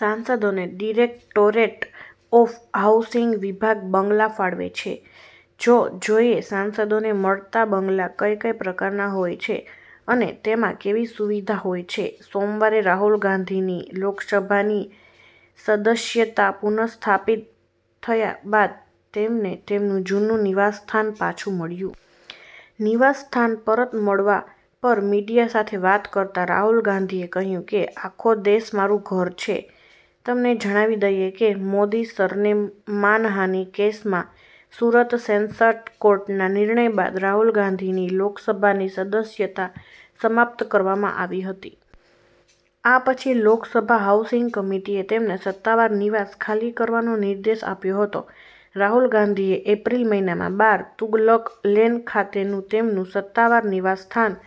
સાંસદોને directorate of housing વિભાગ બંગલા ફાળવે છે, તો જોઈએ સાંસદોને મળતા બંગલા કઈ કઈ પ્રકારના હોય છે, અને તેમાં કેવી સુવિધા હોય છે. સોમવારે રાહુલ ગાંધીની લોકસભાની સદસ્યતા પુનઃસ્થાપિત થયા બાદ, તેમને તેમનું જૂનું નિવાસસ્થાન પાછું મળ્યું. નિવાસસ્થાન પરત મળવા પર મીડિયા સાથે વાત કરતા રાહુલ ગાંધીએ કહ્યું કે, આખો દેશ મારું ઘર છે. તમને જણાવી દઈએ કે, મોદી સરનેમ માનહાનિ કેસમાં સુરત સેશન્સ કોર્ટના નિર્ણય બાદ રાહુલ ગાંધીની લોકસભાની સદસ્યતા સમાપ્ત કરવામાં આવી હતી. આ પછી લોકસભા હાઉસિંગ કમિટીએ તેમને સત્તાવાર નિવાસ ખાલી કરવાનો નિર્દેશ આપ્યો હતો. રાહુલ ગાંધીએ એપ્રિલ મહિનામાં બાર તુગલક લેન ખાતેનું તેમનું સત્તાવાર નિવાસસ્થાન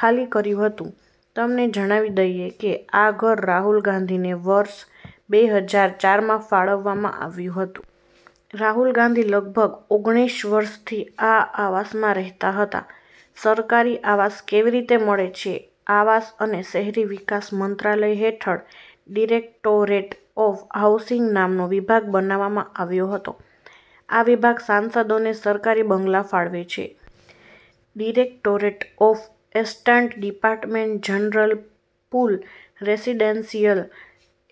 ખાલી કર્યું હતું. તમને જણાવી દઈએ કે, આ ઘર રાહુલ ગાંધીને વર્ષ બે હજાર ચારમાં ફાળવવામાં આવ્યું હતું. રાહુલ ગાંધી લગભગ ઓગણીષ વર્ષથી આ આવાસમાં રહેતા હતા. સરકારી આવાસ કેવી રીતે મળે છે? આવાસ અને શહેરી વિકાસ મંત્રાલય હેઠળ ડિરેક્ટોરેટ ઓફ હાઉસિંગ નામનો વિભાગ બનાવવામાં આવ્યો હતો. આ વિભાગ સાંસદોને સરકારી બંગલા ફાળવે છે. Directorate of estate department general pool residential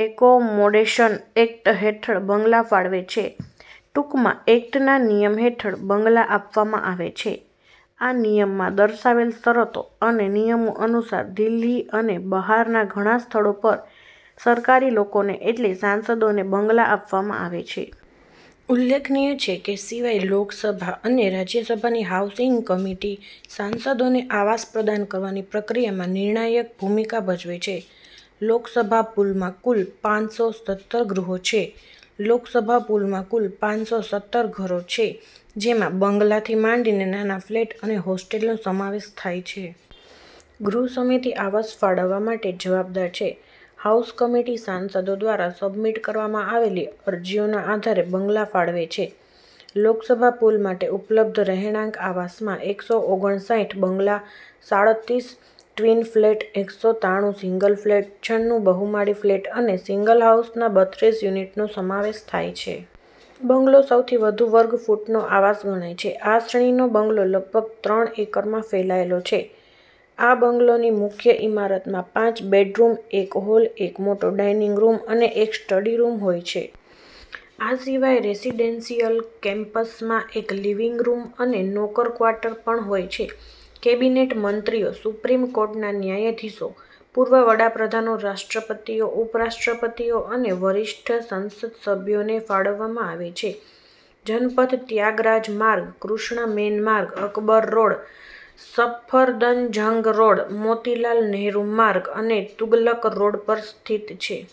accommodation act હેઠળ બંગલા ફાળવે છે, ટૂંકમાં એક્ટના નિયમ હેઠળ બંગલા આપવામાં આવે છે. આ નિયમમાં દર્શાવેલ શરતો અને નિયમો અનુસાર દિલ્હી અને બહારના ઘણા સ્થળો પર સરકારી લોકોને એટલે સાંસદોને બંગલા આપવામાં આવે છે. ઉલ્લેખનીય છે કે, સિવાય, લોકસભા અને રાજ્યસભાની હાઉસિંગ કમિટી સાંસદોને આવાસ પ્રદાન કરવાની પ્રક્રિયામાં નિર્ણાયક ભૂમિકા ભજવે છે. લોકસભા પૂલમાં કુલ પાંચસો સત્તર ગૃહો છે, લોકસભા પૂલમાં કુલ પાંચસો સત્તર ઘરો છે, જેમાં બંગલાથી માંડીને નાના ફ્લેટ અને હોસ્ટેલનો સમાવેશ થાય છે. ગૃહ સમિતિ આવાસ ફાળવવા માટે જવાબદાર છે. હાઉસ કમિટી સાંસદો દ્વારા સબમિટ કરવામાં આવેલી અરજીઓના આધારે બંગલા ફાળવે છે. લોકસભા પૂલ માટે ઉપલબ્ધ રહેણાંક આવાસમાં એકસો ઓગણસાહિઠ બંગલા, સાળતરીસ ટ્વીન ફ્લેટ, એકસો ત્રાણુ સિંગલ ફ્લેટ, છન્નું બહુમાળી ફ્લેટ અને સિંગલ હાઉસના બત્રીસ યુનિટનો સમાવેશ થાય છે. બંગલો સૌથી વધુ વર્ગ ફૂટનો આવાસ ગણાય છે. આ શ્રેણીનો બંગલો લગભગ ત્રણ એકરમાં ફેલાયેલો હોય છે. આ બંગલોની મુખ્ય ઇમારતમાં પાંચ બેડરૂમ, એક હોલ, એક મોટો ડાઇનિંગ રૂમ અને એક સ્ટડી રૂમ હોય છે. આ સિવાય રેસિડેન્શિયલ કેમ્પસમાં એક લિવિંગ રૂમ અને નોકર ક્વાર્ટર પણ હોય છે. કેબિનેટ મંત્રીઓ, સુપ્રીમ કોર્ટના ન્યાયાધીશો, પૂર્વ વડા પ્રધાનો રાષ્ટ્રપતિઓ/ઉપ-રાષ્ટ્રપતિઓ અને વરિષ્ઠ સંસદસભ્યોને ફાળવવામાં આવે છે. જનપથ ત્યાગરાજ માર્ગ, કૃષ્ણ મેન માર્ગ, અકબર રોડ, સફદરજંગ રોડ, મોતીલાલ નહેરુ માર્ગ અને તુગલક રોડ પર સ્થિત છે.